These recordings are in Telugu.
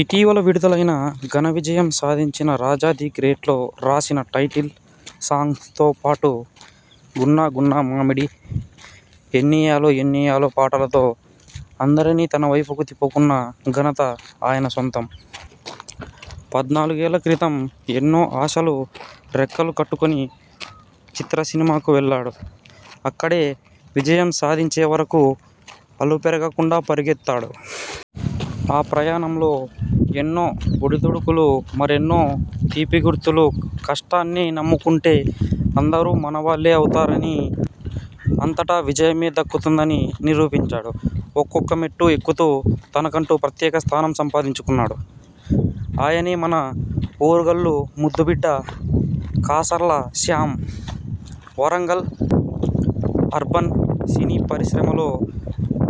ఇటీవల విడుదలై ఘనవిజయం సాధించిన రాజా ది గ్రేట్ లో రాసిన టైటిల్ సాంగ్తో పాటు గున్నాగున్నామామిడి, ఎన్నియాలో ఎన్నియాలో పాటలతో అందరినీ తనవైపుకు తిప్పుకున్న ఘనత ఆయన సొంతం. పద్నాలుగేళ్ల క్రితం ఎన్నో ఆశలు రెక్కలు కట్టుకుని చిత్రసీమకు వెళ్లాడు. అక్కడే విజయం సాధించేవరకు అలుపెరగకుండా పరుగెత్తాడు. ఆ ప్రయాణంలో ఎన్నో ఒడిదొడుకులు. మరెన్నో తీపిగుర్తులు. కష్టాన్నే నమ్ముకుంటే అందరూ మనవాళ్లే అవుతారని, అంతటా విజయమే దక్కుతుందని నిరూపించాడు.. ఒక్కొక్క మెట్టు ఎక్కుతూ తనకంటూ ప్రత్యేక స్థానం సంపాదించుకున్నాడు. ఆయనే మన ఓరుగల్లు ముద్దుబిడ్డ కాసర్ల శ్యాం. వరంగల్ అర్బన్ సినీ పరిశ్రమలో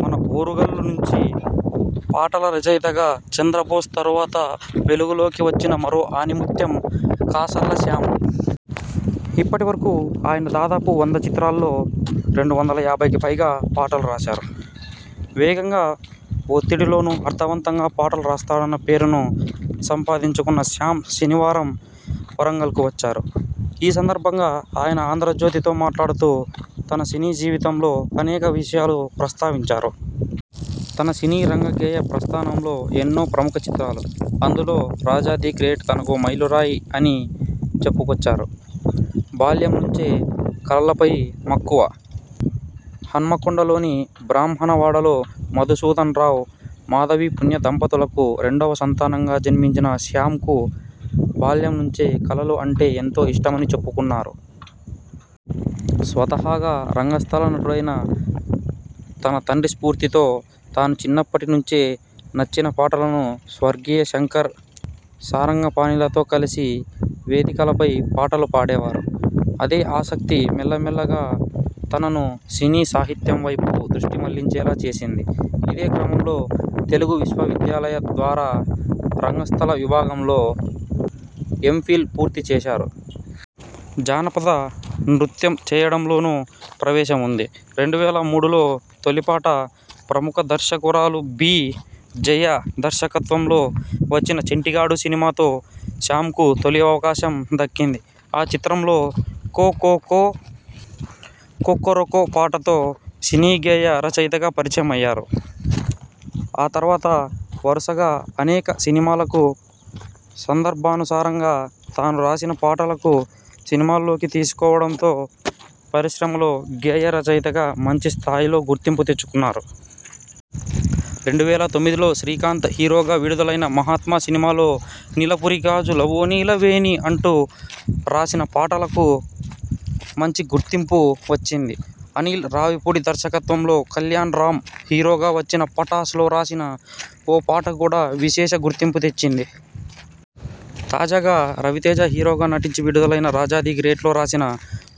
మన ఓరుగల్లు నుంచి పాటల రచయితగా చంద్రబోస్ తరువాత వెలుగులోకి వచ్చిన మరో ఆణిముత్యం కాసర్ల శ్యాం. ఇప్పటివరకు ఆయన దాదాపు వంద చిత్రాల్లో రెండు వందల యాభైకి పైగా పాటలు రాశారు. వేగంగా, ఒత్తిడిలోనూ అర్ధవంతంగా పాటలు రాస్తాడన్న పేరును సంపాదించుకున్న శ్యాం శనివారం వరంగల్కు వచ్చారు. ఈ సందర్భంగా ఆయన ఆంధ్రజ్యోతితో మాట్లాడుతూ తన సినీ జీవితంలో అనేక విషయాలను ప్రస్థావించారు. తన సినీ రంగ గేయ ప్రస్థానంలో ఎన్నో ప్రముఖ చిత్రాలు.. అందులో రాజా ది గ్రేట్ తనకో మైలురాయి అని చెప్పుకొచ్చారు. బాల్యం నుంచే కళలపై మక్కువ.. హన్మకొండలోని బ్రాహ్మణ వాడలో మధుసూదన్ రావు, మాధవి పుణ్య దంపతులకు రెండోవ సంతానంగా జన్మించిన శ్యామ్కు బాల్యం నుంచే కళలు అంటే ఎంతో ఇష్టమని చెప్పుకున్నారు. స్వతహాగా రంగస్థల నటుడైన తన తండ్రి స్ఫూర్తితో తాను చిన్నప్పటి నుంచే నచ్చిన పాటలను స్వర్గీయ శంకర్, సారంగపాణిలతో కలిసి వేదికలపై పాటలు పాడేవారు. అదే ఆసక్తి మెల్లమెల్లగా తనను సినీ సాహిత్యం వైపు దృష్టి మళ్లించేలా చేసింది. ఇదే క్రమంలో తెలుగు విశ్వవిద్యాలయం ద్వారా రంగస్థల విభాగంలో ఎంఫిల్ పూర్తి చేశారు. జానపద నృత్యం చేయడంలోనూ ప్రవేశం ఉంది. రెండు వేల మూడులో తొలిపాట. ప్రముఖ దర్శకురాలు బి. జయ దర్శకత్వంలో వచ్చిన చంటిగాడు సినిమాతో శ్యాంకు తొలి అవకాశం దక్కిది. ఆ చిత్రంలో కోకోకో.. కొక్కొరోకో'పాటతో సినీ గేయ రచయితగా పరిచయం అయ్యారు. ఆ తర్వాత వరుసగా అనేక సినిమాలకు సందర్భానుసారంగా తాను రాసిన పాటలకు సినిమాల్లోకి తీసుకోవడంతో పరిశ్రమలో గేయ రచయితగా మంచి స్థాయిలో గుర్తింపు తెచ్చుకున్నారు. రెండు వేల తొమ్మిదిలో శ్రీకాంత్ హీరోగా విడుదలైన మహాత్మ సినిమాలో నీలపురి గాజుల ఓ నీలవేణి అంటూ రాసిన పాటకు మంచి గుర్తింపు వచ్చింది. అనిల్ రావిపూడి దర్శకత్వంలో కళ్యాణ్రామ్ హీరోగా వచ్చిన పటాస్ లో రాసిన ఓ పాట కూడా విశేష గుర్తింపు తెచ్చింది. తాజాగా రవితేజ హీరోగా నటించి విడుదలైన రాజా ది గ్రేట్ లో రాసిన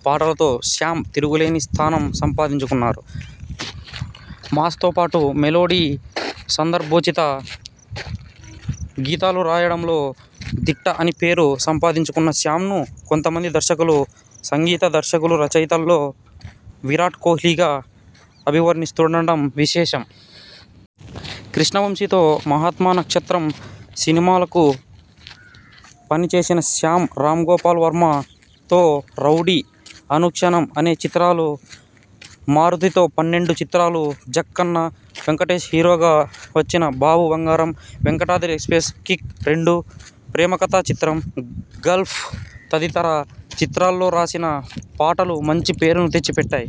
పాటలతో శ్యాం తిరుగులేని స్థానం సంపాదించుకున్నారు. మాస్తోపాటు మెలోడీ, సందర్భోచిత గీతాలు రాయడంలో దిట్ట అని పేరు సంపాదించుకున్న శ్యాంను కొంతమంది దర్శకులు, సంగీత దర్శకులు రచయితల్లో విరాట్ కోహ్లీగా అభివర్ణిస్తుండడం విశేషం. కృష్ణవంశీతో మహాత్మ, నక్షత్రం సినిమాలకు పనిచేసిన శ్యామ్ రాంగోపాల్ వర్మతో రౌడీ, అనుక్షణం అనే చిత్రాలు, మారుతితో పన్నెండు చిత్రాలు, జక్కన్న, వెంకటేశ్ హీరోగా వచ్చిన బాబు బంగారం, వెంకటాద్రి ఎక్స్ప్రెస్, కిక్.రెండు, ప్రేమకథా చిత్రం, గల్ఫ్ తదితర చిత్రాల్లో రాసిన పాటలు మంచి పేరును తెచ్చిపెట్టాయి.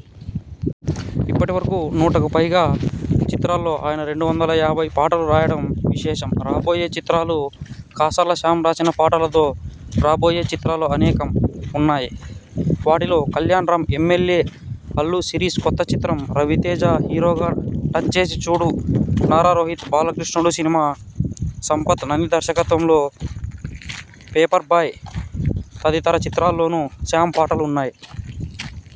ఇప్పటి వరకు నూటకు పైగా చిత్రాల్లో ఆయన రెండు వందల యాభై పాటలు రాయడం విశేషం. రాబోయే చిత్రాలు, కాసర్ల శ్యామ్ రాసిన పాటలతో రాబోయే చిత్రాలు అనేకం ఉన్నాయి. వాటిలో కల్యాణ్రాం, ఎమ్మెల్యే, అల్లు శిరీష్ కొత్త చిత్రం, రవితేజ హీరోగా టచ్చేసి చూడూ, నారా రోహిత్ బాలకృష్ణుడుసినిమా, సంపత్ నంది దర్శకత్వంలో పేపర్బాయ్ తదితర చిత్రాల్లోనూ శ్యామ్ పాటలు ఉన్నాయి.